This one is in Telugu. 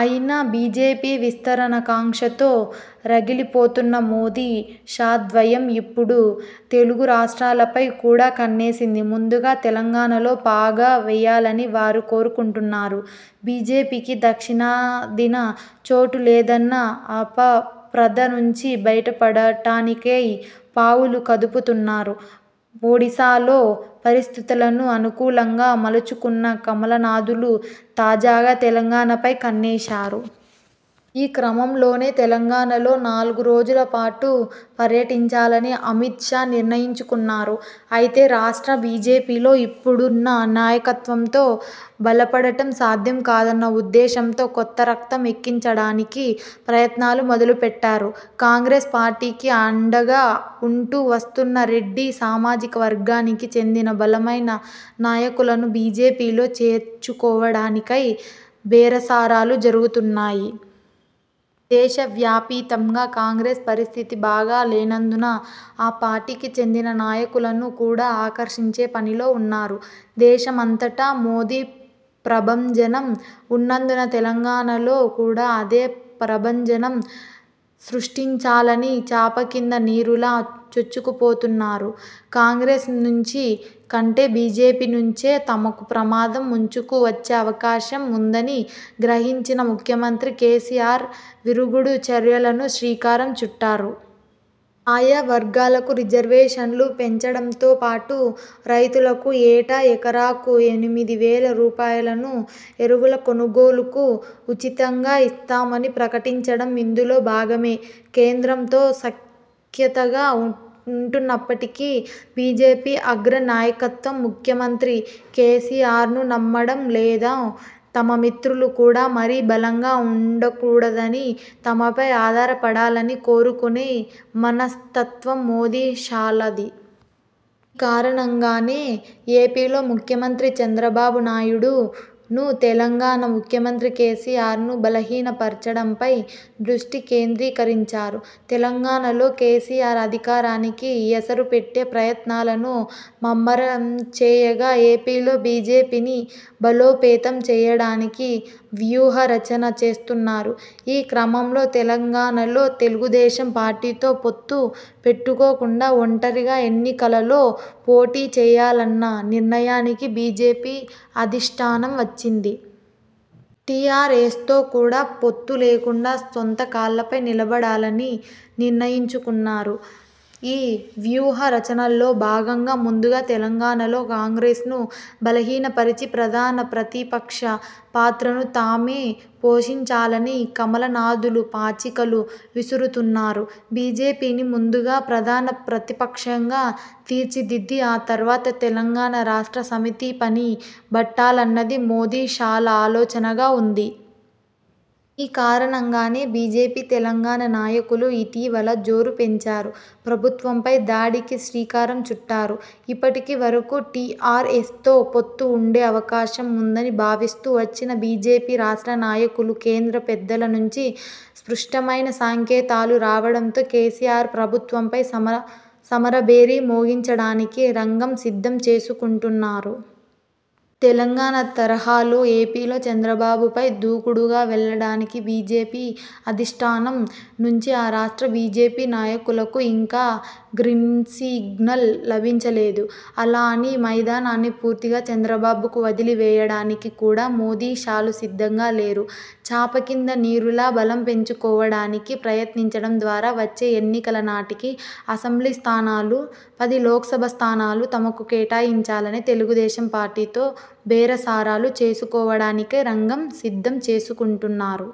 అయినా, బీజేపీ విస్తరణ కాంక్షతో రగిలిపోతున్న మోదీ– షా ద్వయం ఇప్పుడు తెలుగు రాష్ర్టాలపై కూడా కన్నేసింది. ముందుగా తెలంగాణలో పాగా వేయాలని వారు కోరుకుంటున్నారు. బీజేపీకి దక్షిణాదిన చోటు లేదన్న అపప్రథ నుంచి బయటపడటానికై పావులు కదుపుతున్నారు. ఒడిసాలో పరిస్థితులను అనుకూలంగా మలచుకున్న కమలనాథులు, తాజాగా తెలంగాణపై కన్నేశారు. ఈ క్రమంలోనే తెలంగాణలో నాలుగు రోజులపాటు పర్యటించాలని అమిత్ షా నిర్ణయించుకున్నారు. అయితే, రాష్ట్ర బీజేపీలో ఇప్పుడున్న నాయకత్వంతో బలపడటం సాధ్యం కాదన్న ఉద్దేశంతో కొత్త రక్తం ఎక్కించడానికి ప్రయత్నాలు మొదలుపెట్టారు. కాంగ్రెస్ పార్టీకి అండగా ఉంటూ వస్తున్న రెడ్డి సామాజిక వర్గానికి చెందిన బలమైన నాయకులను బీజేపీలో చేర్చుకోవడానికై బేరసారాలు జరుగుతున్నాయి. దేశవ్యాపితంగా కాంగ్రెస్ పరిస్థితి బాగా లేనందున ఆ పార్టీకి చెందిన నాయకులను కూడా ఆకర్షించే పనిలో ఉన్నారు. దేశమంతటా మోదీ ప్రభంజనం ఉన్నందున తెలంగాణలో కూడా అదే ప్రభంజనం సృష్టించాలని చాపకింద నీరులా చొచ్చుకుపోతున్నారు. కాంగ్రెస్ నుంచి కంటే బీజేపీ నుంచే తమకు ప్రమాదం ముంచుకు వచ్చే అవకాశం ఉందని గ్రహించిన ముఖ్యమంత్రి కేసీఆర్ విరుగుడు చర్యలకు శ్రీకారం చుట్టారు. ఆయా వర్గాలకు రిజర్వేషన్లు పెంచడంతోపాటు రైతులకు ఏటా ఎకరాకు ఎనిమిది వేల రూపాయలను ఎరువుల కొనుగోలుకు ఉచితంగా ఇస్తామని ప్రకటించడం ఇందులో భాగమే! కేంద్రంతో సఖ్యతగా ఉంటున్నప్పటికీ బీజేపీ అగ్ర నాయకత్వం ముఖ్యమంత్రి కేసీఆర్ను నమ్మడం లేదు. తమ మిత్రులు కూడా మరీ బలంగా ఉండకూడదని, తమపై ఆధారపడాలని కోరుకునే మనస్తత్వం మోదీ– షాలది! ఈ కారణంగానే ఏపీలో ముఖ్యమంత్రి చంద్రబాబు నాయుడును, తెలంగాణ ముఖ్యమంత్రి కేసీఆర్ను బలహీనపర్చడంపై దృష్టి కేంద్రీకరించారు. తెలంగాణలో కేసీఆర్ అధికారానికి ఎసరుపెట్టే ప్రయత్నాలను ముమ్మరంచేయగా, ఏపీలో బీజేపీని బలోపేతం చేయడానికి వ్యూహ రచన చేస్తున్నారు. ఈ క్రమంలో, తెలంగాణలో తెలుగుదేశం పార్టీతో పొత్తు పెట్టుకోకుండా ఒంటరిగా ఎన్నికలలో పోటీ చేయాలన్న నిర్ణయానికి బీజేపీ అధిష్ఠానం వచ్చింది. టీఆర్ఎస్తో కూడా పొత్తు లేకుండా సొంత కాళ్లపై నిలబడాలని నిర్ణయించుకున్నారు. ఈ వ్యూహ రచనలో భాగంగా ముందుగా తెలంగాణలో కాంగ్రెస్ను బలహీనపరచి ప్రధాన ప్రతిపక్ష పాత్రను తామే పోషించాలని కమలనాథులు పాచికలు విసురుతున్నారు. బీజేపీని ముందుగా ప్రధాన ప్రతిపక్షంగా తీర్చిదిద్ది, ఆ తర్వాత తెలంగాణ రాష్ట్ర సమితి పని బట్టాలన్నది మోదీ– షాల ఆలోచనగా ఉంది. ఈ కారణంగానే బీజేపీ తెలంగాణ నాయకులు ఇటీవల జోరు పెంచారు. ప్రభుత్వంపై దాడికి శ్రీకారం చుట్టారు. ఇప్పటి వరకు టీఆర్ఎస్తో పొత్తు ఉండే అవకాశం ఉందని భావిస్తూ వచ్చిన బీజేపీ రాష్ట్ర నాయకులు, కేంద్ర పెద్దల నుంచి స్పష్టమైన సంకేతాలు రావడంతో కేసీఆర్ ప్రభుత్వంపై సమరభేరి మోగించడానికి రంగం సిద్ధం చేసుకుంటున్నారు. తెలంగాణ తరహాలో ఏపీలో చంద్రబాబుపై దూకుడుగా వెళ్లడానికి బీజేపీ అధిష్ఠానం నుంచి ఆ రాష్ట్ర బీజేపీ నాయకులకు ఇంకా గ్రీన్సిగ్నల్ లభించలేదు. అలా అని మైదానాన్ని పూర్తిగా చంద్రబాబుకు వదిలివేయడానికి కూడా మోదీ– షాలు సిద్ధంగా లేరు. చాపకింద నీరులా బలం పెంచుకోవడానికి ప్రయత్నించడం ద్వారా వచ్చే ఎన్నికల నాటికి అసెంబ్లీ స్థానాలు, పది లోక్సభ స్థానాలు తమకు కేటాయించాలని తెలుగుదేశం పార్టీతో బేరసారాలు చేసుకోవడానికై రంగం సిద్ధం చేసుకుంటున్నారు.